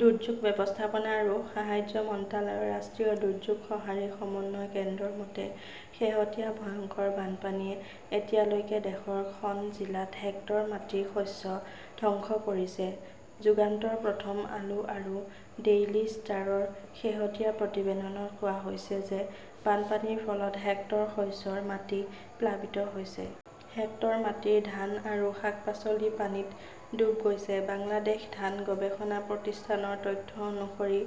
দুৰ্যোগ ব্যৱস্থাপনা আৰু সাহায্য মন্ত্ৰালয়ৰ ৰাষ্ট্ৰীয় দুৰ্যোগ সঁহাৰি সমন্বয় কেন্দ্ৰৰ মতে, শেহতীয়া ভয়ংকৰ বানপানীয়ে এতিয়ালৈকে দেশৰ খন জিলাত হেক্টৰ মাটিৰ শস্য ধ্বংস কৰিছে। যুগান্তৰ, প্ৰথম আলো আৰু ডেইলী ষ্টাৰৰ শেহতীয়া প্ৰতিবেদনত কোৱা হৈছে যে বানপানীৰ ফলত, হেক্টৰ শস্যৰ মাটি প্লাবিত হৈছে।, হেক্টৰ মাটিৰ ধান আৰু শাক-পাচলি পানীত ডুব গৈছে। বাংলাদেশ ধান গৱেষণা প্ৰতিষ্ঠানৰ তথ্য অনুসৰি,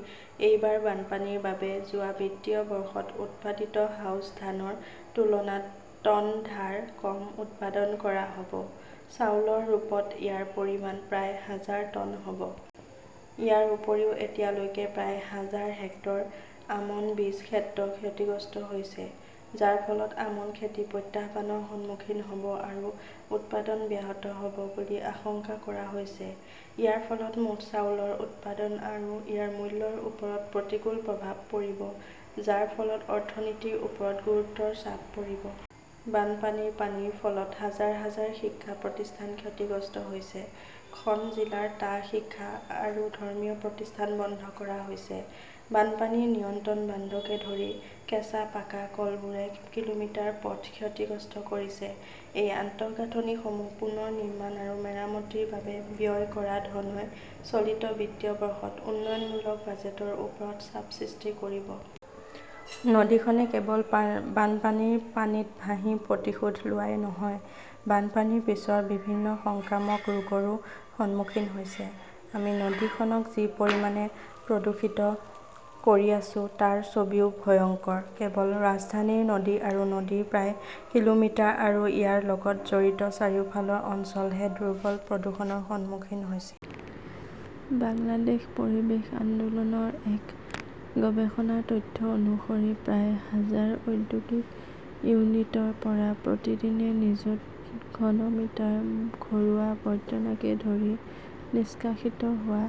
এইবাৰ বানপানীৰ বাবে যোৱা বিত্তীয় বৰ্ষত উৎপাদিত আউছ ধানৰ তুলনাত টন ধান কম উৎপাদন কৰা হ 'ব। চাউলৰ ৰূপত ইয়াৰ পৰিমাণ প্ৰায় হাজাৰ টন হ 'ব। ইয়াৰ উপৰিও, এতিয়ালৈকে প্ৰায় হাজাৰ হেক্টৰ আমন বীজ ক্ষেত্ৰ ক্ষতিগ্ৰস্ত হৈছে, যাৰ ফলত আমন খেতি প্ৰত্যাহ্বানৰ সন্মুখীন হ 'ব আৰু উৎপাদন ব্যাহত হ' ব বুলি আশংকা কৰা হৈছে। ইয়াৰ ফলত মুঠ চাউলৰ উৎপাদন আৰু ইয়াৰ মূল্যৰ ওপৰত প্ৰতিকূল প্ৰভাৱ পৰিব, যাৰ ফলত অৰ্থনীতিৰ ওপৰত গুৰুতৰ চাপ পৰিব। বানপানীৰ পানীৰ ফলত হাজাৰ হাজাৰ শিক্ষা প্ৰতিষ্ঠান ক্ষতিগ্ৰস্ত হৈছে। খন জিলাৰ টা শিক্ষা আৰু ধৰ্মীয় প্ৰতিষ্ঠান বন্ধ কৰা হৈছে। বানপানী নিয়ন্ত্ৰণ বান্ধকে ধৰি কেঁচা-পাকা কলবোৰে কিলোমিটাৰ পথ ক্ষতিগ্ৰস্ত কৰিছে। এই আন্তঃগাঁথনিসমূহ পুনৰ নিৰ্মাণ আৰু মেৰামতিৰ বাবে ব্যয় কৰা ধনই চলিত বিত্তীয় বৰ্ষত উন্নয়নমূলক বাজেটৰ ওপৰত চাপ সৃষ্টি কৰিব। নদীখনে কেৱল বানপানীৰ পানীত ভাহি প্ৰতিশোধ লোৱাই নহয়, বানপানীৰ পিছৰ বিভিন্ন সংক্ৰামক ৰোগৰো সন্মুখীন হৈছে। আমি নদীখনক যি পৰিমাণে প্ৰদূষিত কৰি আছো তাৰ ছবিও ভয়ংকৰ। কেৱল ৰাজধানীৰ নদী আৰু নদীৰ প্ৰায় কিলোমিটাৰ আৰু ইয়াৰ লগত জড়িত চাৰিওফালৰ অঞ্চলহে দুৰ্বল প্ৰদূষণৰ সন্মুখীন হৈছে। বাংলাদেশ পৰিৱেশ আন্দোলন ৰ এক গৱেষণাৰ তথ্য অনুসৰি প্ৰায় হাজাৰ ঔদ্যোগিক ইউনিটৰ পৰা প্ৰতিদিনে নিযুত ঘন মিটাৰ ঘৰুৱা আৱৰ্জনাকে ধৰি নিষ্কাশিত হোৱা.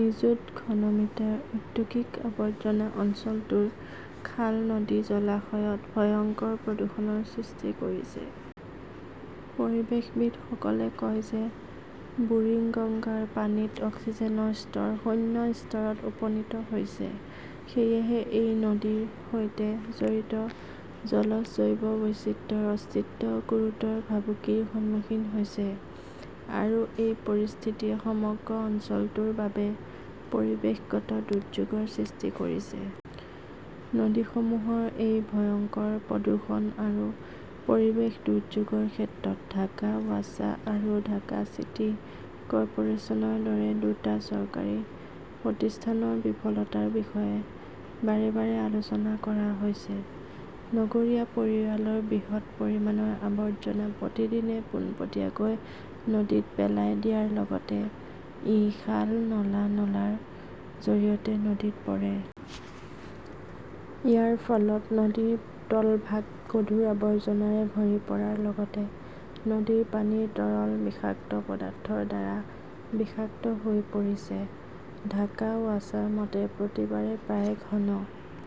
নিযুত ঘন মিটাৰ ঔদ্যোগিক আৱৰ্জনা অঞ্চলটোৰ খাল-নদী-জলাশয়ত ভয়ংকৰ প্ৰদূষণৰ সৃষ্টি কৰিছে। পৰিৱেশবিদসকলে কয় যে বুৰিগঙ্গাৰ পানীত অক্সিজেনৰ স্তৰ শূন্য স্তৰত উপনীত হৈছে। সেয়েহে এই নদীৰ সৈতে জড়িত জলজ জৈৱ বৈচিত্ৰ্যৰ অস্তিত্ব গুৰুতৰ ভাবুকিৰ সন্মুখীন হৈছে। আৰু এই পৰিস্থিতিয়ে সমগ্ৰ অঞ্চলটোৰ বাবে পৰিৱেশগত দুৰ্যোগৰ সৃষ্টি কৰিছে। নদীসমূহৰ এই ভয়ংকৰ প্ৰদূষণ আৰু পৰিৱেশ দুৰ্যোগৰ ক্ষেত্ৰত ঢাকা ৱাছা আৰু ঢাকা চিটি কৰ্পোৰেচনৰ দৰে দুটা চৰকাৰী প্ৰতিষ্ঠানৰ বিফলতাৰ বিষয়ে বাৰে বাৰে আলোচনা কৰা হৈছে। নগৰীয়া পৰিয়ালৰ বৃহৎ পৰিমাণৰ আৱৰ্জনা প্ৰতিদিনে পোনপটীয়াকৈ নদীত পেলাই দিয়াৰ লগতে ই খাল-নলা-নলাৰ জৰিয়তে নদীত পৰে। ইয়াৰ ফলত নদীৰ তলভাগ গধুৰ আৱৰ্জনাৰে ভৰি পৰাৰ লগতে নদীৰ পানী তৰল বিষাক্ত পদাৰ্থৰ দ্বাৰা বিষাক্ত হৈ পৰিছে। ঢাকা ৱাছাৰ মতে, প্ৰতিবাৰে প্ৰায় ঘন